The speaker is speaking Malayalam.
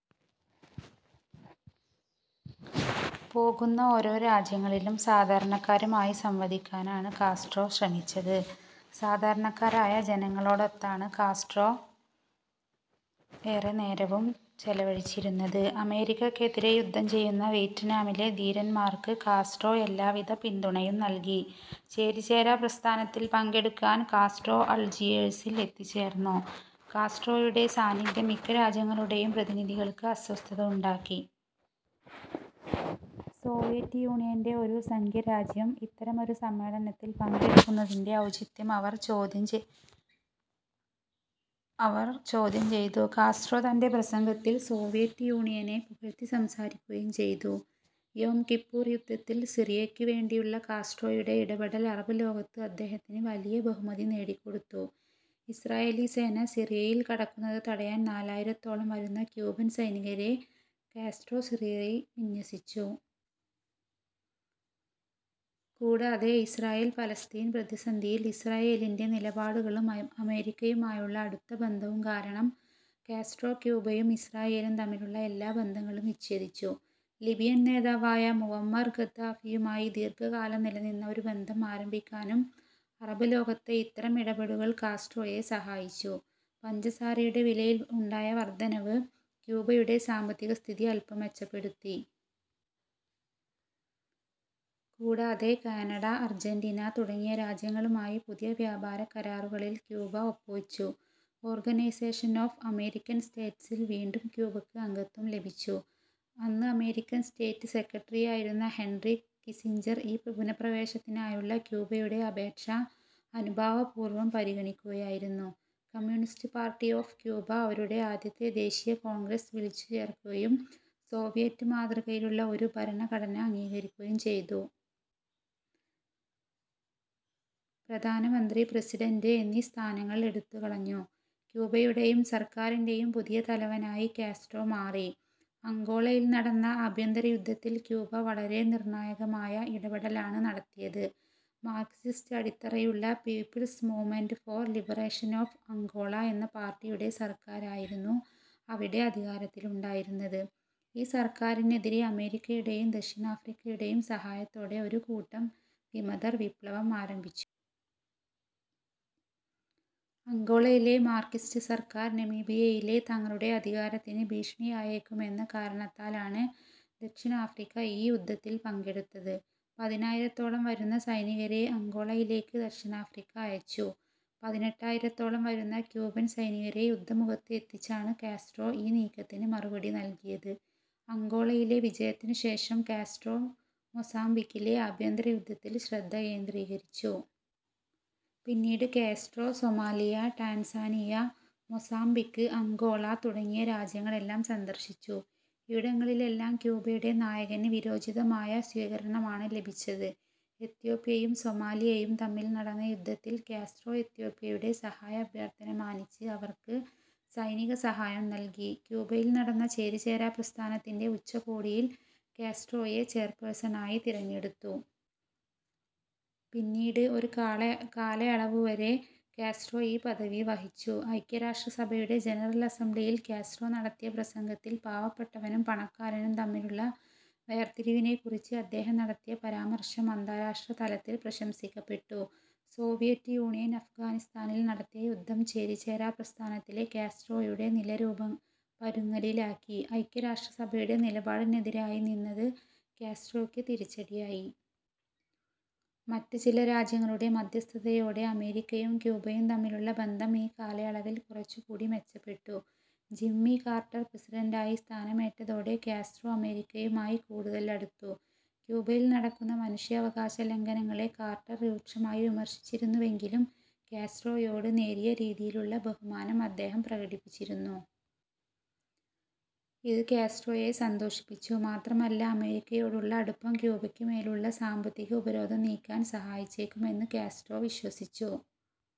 പോകുന്ന ഓരോ രാജ്യങ്ങളിലും സാധാരണക്കാരുമായി സംവദിക്കാനാണ് കാസ്ട്രോ ശ്രമിച്ചത്. സാധാരണക്കാരായ ജനങ്ങളോടൊത്താണ് കാസ്ട്രോ ഏറെ നേരവും ചെലവഴിച്ചിരുന്നത്. അമേരിക്കക്കെതിരെ യുദ്ധം ചെയ്യുന്ന വിയറ്റ്നാമിലെ ധീരന്മാർക്ക് കാസ്ട്രോ എല്ലാ വിധ പിന്തുണയും നൽകി. ചേരിചേരാ പ്രസ്ഥാനത്തിൽ പങ്കെടുക്കാൻ കാസ്ട്രോ അൾജിയേഴ്സിൽ എത്തിച്ചേർന്നു. കാസ്ട്രോയുടെ സാന്നിധ്യം മിക്ക രാജ്യങ്ങളുടെയും പ്രതിനിധികൾക്ക് അസ്വസ്ഥത ഉണ്ടാക്കി. സോവിയറ്റ് യൂണിയൻ്റെ ഒരു സഖ്യരാജ്യം ഇത്തരമൊരു സമ്മേളനത്തിൽ പങ്കെടുക്കുന്നതിൻ്റെ ഔചിത്യം അവർ ചോദ്യം ചെയ്തു. കാസ്ട്രോ തൻ്റെ പ്രസംഗത്തിൽ സോവിയറ്റ് യൂണിയനെ പുകഴ്ത്തി സംസാരിക്കുകയും ചെയ്തു. യോം കിപ്പൂർ യുദ്ധത്തിൽ സിറിയക്കുവേണ്ടിയുള്ള കാസ്ട്രോയുടെ ഇടപെടൽ അറബ് ലോകത്ത് അദ്ദേഹത്തിന് വലിയ ബഹുമതി നേടിക്കൊടുത്തു. ഇസ്രായേലി സേന സിറിയയിൽ കടക്കുന്നത് തടയാൻ നാലായിരത്തോളം വരുന്ന ക്യൂബൻ സൈനികരെ കാസ്ട്രോ സിറിയയിൽ വിന്യസിച്ചു. കൂടാതെ ഇസ്രായേൽ പാലസ്തീൻ പ്രതിസന്ധിയിൽ ഇസ്രായേലിൻ്റെ നിലപാടുകളും അമേരിക്കയുമായുള്ള അടുത്ത ബന്ധവും കാരണം കാസ്ട്രോ ക്യൂബയും ഇസ്രായേലും തമ്മിലുള്ള എല്ലാ ബന്ധങ്ങളും വിച്ഛേദിച്ചു. ലിബിയൻ നേതാവായ മുവമ്മർ ഗദ്ദാഫിയുമായി ദീർഘകാലം നിലനിന്ന ഒരു ബന്ധം ആരംഭിക്കാനും അറബ് ലോകത്തെ ഇത്തരം ഇടപെടലുകൾ കാസ്ട്രോയെ സഹായിച്ചു. പഞ്ചസാരയുടെ വിലയിൽ ഉണ്ടായ വർധനവ് ക്യൂബയുടെ സാമ്പത്തിക സ്ഥിതി അൽപം മെച്ചപ്പെടുത്തി. കൂടാതെ കാനഡ, അർജന്റീന തുടങ്ങിയ രാജ്യങ്ങളുമായി പുതിയ വ്യാപാര കരാറുകളിൽ ക്യൂബ ഒപ്പുവെച്ചു. ഓർഗനൈസേഷൻ ഓഫ് അമേരിക്കൻ സ്റ്റേറ്റ്സിൽ വീണ്ടും ക്യൂബക്ക് അംഗത്വം ലഭിച്ചു. അന്ന് അമേരിക്കൻ സ്റ്റേറ്റ് സെക്രട്ടറിയായിരുന്ന ഹെൻറി കിസ്സിഞ്ചർ ഈ പുനഃപ്രവേശനത്തിനായുള്ള ക്യൂബയുടെ അപേക്ഷ അനുഭാവപൂർവം പരിഗണിക്കുകയായിരുന്നു. കമ്മ്യൂണിസ്റ്റ് പാർട്ടി ഓഫ് ക്യൂബ അവരുടെ ആദ്യത്തെ ദേശീയ കോൺഗ്രസ് വിളിച്ചുചേർക്കുകയും സോവിയറ്റ് മാതൃകയിലുള്ള ഒരു ഭരണഘടന അംഗീകരിക്കുകയും ചെയ്തു. പ്രധാനമന്ത്രി, പ്രസിഡൻ്റ് എന്നീ സ്ഥാനങ്ങൾ എടുത്തുകളഞ്ഞു. ക്യൂബയുടെയും സർക്കാരിൻ്റെയും പുതിയ തലവനായി കാസ്ട്രോ മാറി. അംഗോളയിൽ നടന്ന ആഭ്യന്തര യുദ്ധത്തിൽ ക്യൂബ വളരെ നിർണായകമായ ഇടപെടലാണ് നടത്തിയത്. മാർക്സിസ്റ്റ് അടിത്തറയുള്ള People's Movement for Liberation of Angola എന്ന പാർട്ടിയുടെ സർക്കാരായിരുന്നു അവിടെ അധികാരത്തിലുണ്ടായിരുന്നത്. ഈ സർക്കാരിനെതിരെ അമേരിക്കയുടെയും ദക്ഷിണാഫ്രിക്കയുടെയും സഹായത്തോടെ ഒരു കൂട്ടം വിമതർ വിപ്ലവം ആരംഭിച്ചു. അംഗോളയിലെ മാർക്സിസ്റ്റ് സർക്കാർ നമീബിയയിലെ തങ്ങളുടെ അധികാരത്തിന് ഭീഷണിയായേക്കുമെന്ന കാരണത്താലാണ് ദക്ഷിണാഫ്രിക്ക ഈ യുദ്ധത്തിൽ പങ്കെടുത്തത്. പതിനായിരത്തോളം വരുന്ന സൈനികരെ അംഗോളയിലേക്ക് ദക്ഷിണാഫ്രിക്ക അയച്ചു. പതിനെട്ടായിരത്തോളം വരുന്ന ക്യൂബൻ സൈനികരെ യുദ്ധമുഖത്ത് എത്തിച്ചാണ് കാസ്ട്രോ ഈ നീക്കത്തിന് മറുപടി നൽകിയത്. അംഗോളയിലെ വിജയത്തിനുശേഷം കാസ്ട്രോ മൊസാംബിക്കിലെ ആഭ്യന്തര യുദ്ധത്തിൽ ശ്രദ്ധ കേന്ദ്രീകരിച്ചു. പിന്നീട് Castro Somalia, Tanzania, Mozambique, Angola തുടങ്ങിയ രാജ്യങ്ങളെല്ലാം സന്ദർശിച്ചു. ഇവിടങ്ങളിലെല്ലാം ക്യൂബയുടെ നായകന് വീരോചിതമായ സ്വീകരണമാണ് ലഭിച്ചത്. എത്യോപ്യയും സൊമാലിയയും തമ്മിൽ നടന്ന യുദ്ധത്തിൽ കാസ്ട്രോ എത്യോപ്യയുടെ സഹായാഭ്യർത്ഥന മാനിച്ച് അവർക്ക് സൈനിക സഹായം നൽകി. ക്യൂബയിൽ നടന്ന ചേരിചേരാ പ്രസ്ഥാനത്തിന്റെ ഉച്ചകോടിയിൽ കാസ്ട്രോയെ ചെയർപേഴ്സണായി തിരഞ്ഞെടുത്തു. പിന്നീട് ഒരു കാലയളവുവരെ കാസ്ട്രോ ഈ പദവി വഹിച്ചു. ഐക്യരാഷ്ട്രസഭയുടെ ജനറൽ അസംബ്ലിയിൽ കാസ്ട്രോ നടത്തിയ പ്രസംഗത്തിൽ പാവപ്പെട്ടവനും പണക്കാരനും തമ്മിലുള്ള വേർതിരിവിനെക്കുറിച്ച് അദ്ദേഹം നടത്തിയ പരാമർശം അന്താരാഷ്ട്രതലത്തിൽ പ്രശംസിക്കപ്പെട്ടു. സോവിയറ്റ് യൂണിയൻ അഫ്ഗാനിസ്ഥാനിൽ നടത്തിയ യുദ്ധം ചേരിചേരാ പ്രസ്ഥാനത്തിലെ കാസ്ട്രോയുടെ നില പരുങ്ങലിലാക്കി. ഐക്യരാഷ്ട്രസഭയുടെ നിലപാടിനെതിരായി നിന്നത് കാസ്ട്രോയ്ക്ക് തിരിച്ചടിയായി. മറ്റ് ചില രാജ്യങ്ങളുടെ മധ്യസ്ഥതയോടെ അമേരിക്കയും ക്യൂബയും തമ്മിലുള്ള ബന്ധം ഈ കാലയളവിൽ കുറച്ചുകൂടി മെച്ചപ്പെട്ടു. ജിമ്മി കാർട്ടർ പ്രസിഡന്റായി സ്ഥാനമേറ്റതോടെ കാസ്ട്രോ അമേരിക്കയുമായി കൂടുതൽ അടുത്തു. ക്യൂബയിൽ നടക്കുന്ന മനുഷ്യാവകാശ ലംഘനങ്ങളെ കാർട്ടർ രൂക്ഷമായി വിമർശിച്ചിരുന്നുവെങ്കിലും കാസ്ട്രോയോട് നേരിയ രീതിയിലുള്ള ബഹുമാനം അദ്ദേഹം പ്രകടിപ്പിച്ചിരുന്നു. ഇത് കാസ്ട്രോയെ സന്തോഷിപ്പിച്ചു. മാത്രമല്ല അമേരിക്കയോടുള്ള അടുപ്പം ക്യൂബയ്ക്ക് മേലുള്ള സാമ്പത്തിക ഉപരോധം നീക്കാൻ സഹായിച്ചേക്കുമെന്ന് കാസ്ട്രോ വിശ്വസിച്ചു.